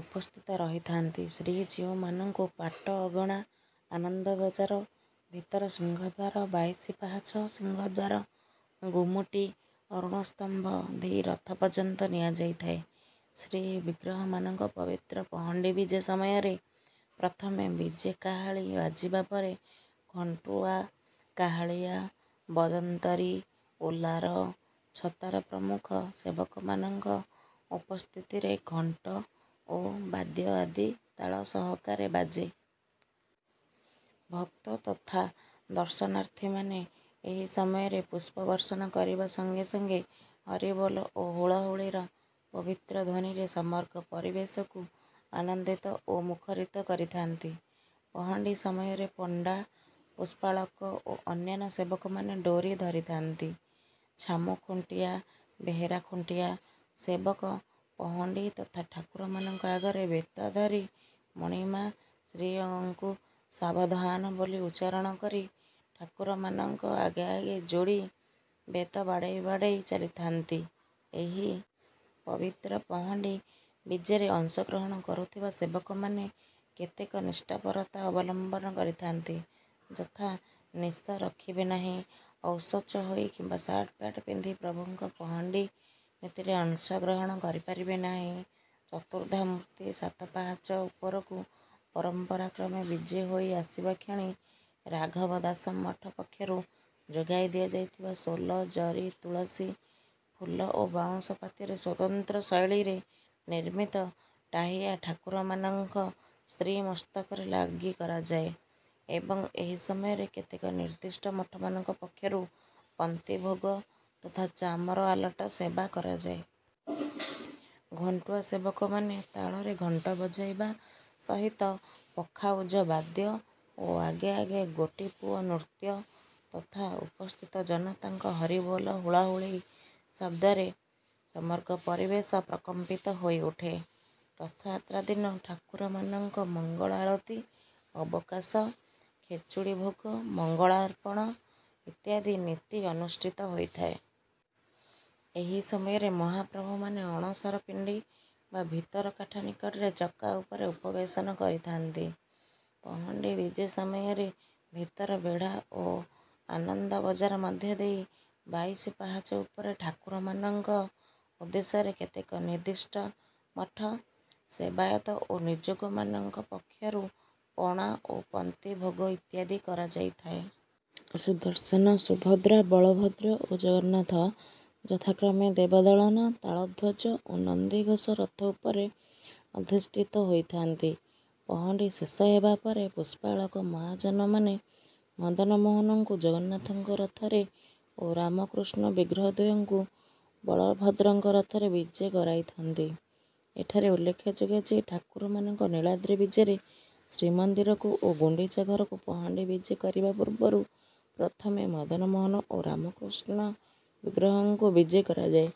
ଉପସ୍ଥିତ ରହିଥାନ୍ତି। ଶ୍ରୀଜୀଉମାନଙ୍କୁ ପାଟ ଅଗଣା, ଆନନ୍ଦ ବଜାର, ଭିତର ସିଂହଦ୍ୱାର, ବାଇଶି ପାହାଚ, ସିଂହଦ୍ୱାର, ଗୁମୁଟି, ଅରୁଣସ୍ତମ୍ଭ ଦେଇ ରଥ ପର୍ଯ୍ୟନ୍ତ ନିଆଯାଇଥାଏ। ଶ୍ରୀବିଗ୍ରହମାନଙ୍କ ପବିତ୍ର ପହଣ୍ଡି ବିଜେ ସମୟରେ ପ୍ରଥମେ ବିଜେ କାହାଳୀ ବାଜିବା ପରେ ଘଣ୍ଟୁଆ, କାହାଳିଆ, ବଜନ୍ତରୀ, ଓଲାର, ଛତାର ପ୍ରମୁଖ ସେବକମାନଙ୍କ ଉପସ୍ଥିତିରେ ଘଣ୍ଟ ଓ ବାଦ୍ୟ ଆଦି ତାଳ ସହକାରେ ବାଜେ। ଭକ୍ତ ତଥା ଦର୍ଶନାର୍ଥୀମାନେ ଏହି ସମୟରେ ପୁଷ୍ପବର୍ଷଣ କରିବା ସଙ୍ଗେ ସଙ୍ଗେ ହରିବୋଲ ଓ ହୁଳହୁଳିର ପବିତ୍ର ଧ୍ୱନିରେ ସମଗ୍ର ପରିବେଶକୁ ଆନନ୍ଦିତ ଓ ମୁଖରିତ କରିଥାନ୍ତି। ପହଣ୍ଡି ସମୟରେ ପଣ୍ଡା, ପୁଷ୍ପାଳକ ଓ ଅନ୍ୟାନ୍ୟ ସେବକମାନେ ଡୋରି ଧରିଥାନ୍ତି। ଛାମୁ ଖୁଣ୍ଟିଆ, ବେହେରା ଖୁଣ୍ଟିଆ ସେବକ ପହଣ୍ଡି ତଥା ଠାକୁରମାନଙ୍କ ଆଗରେ ବେତ ଧରି ମଣିମା, ଶ୍ରୀଅଙ୍ଗକୁ ସାବଧାନ ବୋଲି ଉଚ୍ଚାରଣ କରି ଠାକୁରମାନଙ୍କ ଆଗେ ଆଗେ ଯୋଡ଼ି ବେତ ବାଡ଼େଇ ବାଡ଼େଇ ଚାଲିଥାନ୍ତି। ଏହି ପବିତ୍ର ପହଣ୍ଡି ବିଜେରେ ଅଂଶଗ୍ରହଣ କରୁଥିବା ସେବକମାନେ କେତେକ ନିଷ୍ଠାପରତା ଅବଲମ୍ବନ କରିଥାନ୍ତି, ଯଥା ନିଶ ରଖିବେ ନାହିଁ। ଅଶୌଚ ହୋଇ କିମ୍ବା ସାର୍ଟ-ପ୍ୟାଣ୍ଟ ପିନ୍ଧି ମହାପ୍ରଭୁଙ୍କ ପହଣ୍ଡି ନୀତିରେ ଅଂଶଗ୍ରହଣ କରିପାରିବେ ନାହିଁ। ଚତୁର୍ଦ୍ଧାମୂର୍ତ୍ତି ସାତ ପାହାଚ ଉପରକୁ ପରମ୍ପରାକ୍ରମେ ବିଜେ ହୋଇ ଆସିବା କ୍ଷଣି ରାଘବ ଦାସ ମଠ ପକ୍ଷରୁ ଯୋଗାଇ ଦିଆଯାଇଥିବା ସୋଲ, ଜରି, ତୁଳସୀ, ଫୁଲ ଓ ବାଉଁଶ ପାତିଆରେ ସ୍ୱତନ୍ତ୍ର ଶୈଳୀରେ ନିର୍ମିତ 'ଟାହିଆ' ଠାକୁରମାନଙ୍କ ଶ୍ରୀମସ୍ତକରେ ଲାଗି କରାଯାଏ ଏବଂ ଏହି ସମୟରେ କେତେକ ନିର୍ଦ୍ଦିଷ୍ଟ ମଠମାନଙ୍କ ପକ୍ଷରୁ ପନ୍ତି ଭୋଗ ତଥା ଚାମର, ଆଲଟ ସେବା କରାଯାଏ। ଘଣ୍ଟୁଆ ସେବକମାନେ ତାଳରେ ଘଣ୍ଟ ବଜାଇବା ସହିତ ପଖାଉଜ ବାଦ୍ୟ ଓ ଆଗେ ଆଗେ ଗୋଟିପୁଅ ନୃତ୍ୟ ତଥା ଉପସ୍ଥିତ ଜନତାଙ୍କ ହରିବୋଲ, ହୁଳହୁଳି ଶବ୍ଦରେ ସମଗ୍ର ପରିବେଶ ପ୍ରକମ୍ପିତ ହୋଇଉଠେ। ରଥଯାତ୍ରା ଦିନ ଠାକୁରମାନଙ୍କ ମଙ୍ଗଳ ଆଳତି, ଅବକାଶ, ଖେଚୁଡ଼ି ଭୋଗ, ମଙ୍ଗଳାର୍ପଣ ଇତ୍ୟାଦି ନୀତି ଅନୁଷ୍ଠିତ ହୋଇଥାଏ। ଏହି ସମୟରେ ମହାପ୍ରଭୁମାନେ ଅଣସର ପିଣ୍ଡି ବା ଭିତର କାଠ ନିକଟରେ ଚକା ଉପରେ ଉପବେଶନ କରିଥାନ୍ତି। ପହଣ୍ଡି ବିଜେ ସମୟରେ ଭିତର ବେଢ଼ା ଓ ଆନନ୍ଦ ବଜାର ମଧ୍ୟଦେଇ ବାଇଶି ପାହାଚ ଉପରେ ଠାକୁରମାନଙ୍କ ଉଦ୍ଦେଶ୍ୟରେ କେତେକ ନିର୍ଦ୍ଦିଷ୍ଟ ମଠ, ସେବାୟତ ଓ ନିଯୋଗମାନଙ୍କ ପକ୍ଷରୁ ପଣା ଓ ପନ୍ତି ଭୋଗ ଇତ୍ୟାଦି କରାଯାଇଥାଏ। ସୁଦର୍ଶନ, ସୁଭଦ୍ରା, ବଳଭଦ୍ର ଓ ଜଗନ୍ନାଥ ଯଥାକ୍ରମେ ଦେବଦଳନ, ତାଳଧ୍ୱଜ ଓ ନନ୍ଦିଘୋଷ ରଥ ଉପରେ ଅଧିଷ୍ଠିତ ହୋଇଥାନ୍ତି। ପହଣ୍ଡି ଶେଷ ହେବାପରେ ପୁଷ୍ପାଳକ ମହାଜନମାନେ ମଦନମୋହନଙ୍କୁ ଜଗନ୍ନାଥଙ୍କ ରଥରେ ଓ ରାମକୃଷ୍ଣ ବିଗ୍ରହଦ୍ୱୟଙ୍କୁ ବଳଭଦ୍ରଙ୍କ ରଥରେ ବିଜେ କରାଇଥାନ୍ତି। ଏଠାରେ ଉଲ୍ଲେଖଯୋଗ୍ୟ ଯେ, ଠାକୁରମାନଙ୍କ ନୀଳାଦ୍ରି ବିଜେରେ ଶ୍ରୀମନ୍ଦିରକୁ ଓ ଗୁଣ୍ଡିଚା ଘରକୁ ପହଣ୍ଡି ବିଜେ କରିବା ପୂର୍ବରୁ ପ୍ରଥମେ ମଦନମୋହନ ଓ ରାମକୃଷ୍ଣ ବିଗ୍ରହଙ୍କୁ ବିଜେ କରାଯାଏ।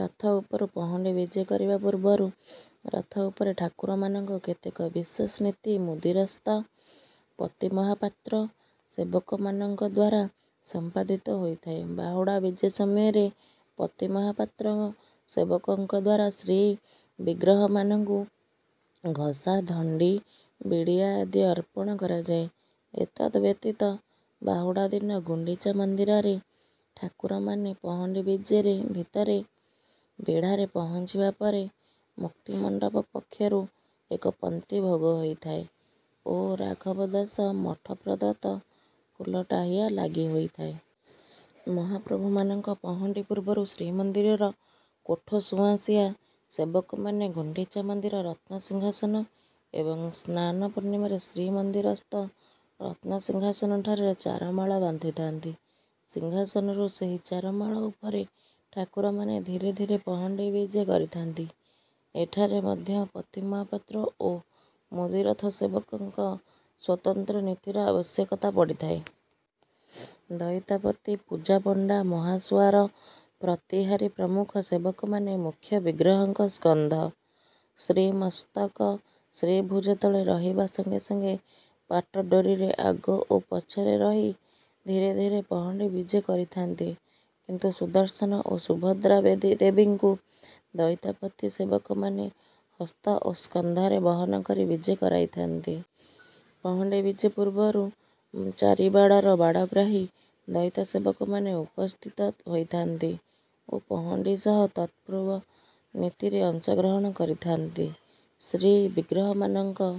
ରଥ ଉପରୁ ପହଣ୍ଡି ବିଜେ କରିବା ପୂର୍ବରୁ ରଥ ଉପରେ ଠାକୁରମାନଙ୍କ କେତେକ ବିଶେଷ ନୀତି ମୁଦିରସ୍ତ, ପତିମହାପାତ୍ର ସେବକମାନଙ୍କ ଦ୍ୱାରା ସମ୍ପାଦିତ ହୋଇଥାଏ। ବାହୁଡ଼ା ବିଜେ ସମୟରେ ପତି ମହାପାତ୍ର ସେବକଙ୍କ ଦ୍ୱାରା ଶ୍ରୀବିଗ୍ରହମାନଙ୍କୁ ଘଷା, ଧଣ୍ଡି, ବିଡ଼ିଆ ଆଦି ଅର୍ପଣ କରାଯାଏ। ଏତଦ୍‌ବ୍ୟତୀତ ବାହୁଡ଼ା ଦିନ ଗୁଣ୍ଡିଚା ମନ୍ଦିରରେ ଠାକୁରମାନେ ପହଣ୍ଡି ବିଜେରେ ଭିତରେ ବେଢ଼ାରେ ପହଞ୍ଚିବା ପରେ ମୁକ୍ତିମଣ୍ଡପ ପକ୍ଷରୁ ଏକ ପନ୍ତି ଭୋଗ ହୋଇଥାଏ ଓ ରାଘବ ଦାସ ମଠ ପ୍ରଦତ୍ତ ଫୁଲ ଟାହିଆ ଲାଗି ହୋଇଥାଏ। ମହାପ୍ରଭୁମାନଙ୍କ ପହଣ୍ଡି ପୂର୍ବରୁ ଶ୍ରୀମନ୍ଦିରର କୋଠସୁଆଁସିଆ ସେବକମାନେ ଗୁଣ୍ଡିଚା ମନ୍ଦିର ରତ୍ନସିଂହାସନ ଏବଂ ସ୍ନାନ ପୂର୍ଣ୍ଣିମାରେ ଶ୍ରୀମନ୍ଦିରସ୍ଥ ରତ୍ନସିଂହାସନଠାରେ ଚାରମାଳ ବାନ୍ଧିଥାନ୍ତି। ସିଂହାସନରୁ ସେହି ଚାରମାଳ ଉପରେ ଠାକୁରମାନେ ଧୀରେ ଧୀରେ ପହଣ୍ଡି ବିଜେ କରିଥାନ୍ତି। ଏଠାରେ ମଧ୍ୟ ପତିମହାପାତ୍ର ଓ ମୁଦିରଥ ସେବକଙ୍କ ସ୍ୱତନ୍ତ୍ର ନୀତିର ଆବଶ୍ୟକତା ପଡ଼ିଥାଏ। ଦଇତାପତି, ପୂଜାପଣ୍ଡା, ମହାସୁଆର, ପ୍ରତିହାରୀ ପ୍ରମୁଖ ସେବକମାନେ ମୁଖ୍ୟ ବିଗ୍ରହଙ୍କ ସ୍କନ୍ଧ, ଶ୍ରୀମସ୍ତକ, ଶ୍ରୀଭୁଜ ତଳେ ରହିବା ସଙ୍ଗେ ସଙ୍ଗେ ପାଟଡୋରିରେ ଆଗ ଓ ପଛରେ ରହି ଧୀରେ ଧୀରେ ପହଣ୍ଡି ବିଜେ କରିଥାନ୍ତି। କିନ୍ତୁ ସୁଦର୍ଶନ ଓ ସୁଭଦ୍ରା ଦେବୀଙ୍କୁ ଦଇତାପତି ସେବକମାନେ ହସ୍ତ ଓ ସ୍କନ୍ଧରେ ବହନ କରି ବିଜେ କରାଇଥାନ୍ତି। ପହଣ୍ଡି ବିଜେ ପୂର୍ବରୁ ଚାରିବାଡ଼ର ବାଡ଼ଗ୍ରାହୀ ଦଇତା ସେବକମାନେ ଉପସ୍ଥିତ ହୋଇଥାନ୍ତି ଓ ପହଣ୍ଡି ସହ ତତ୍‌ପୂର୍ବ ନୀତିରେ ଅଂଶଗ୍ରହଣ କରିଥାନ୍ତି। ଶ୍ରୀବିଗ୍ରହମାନଙ୍କ...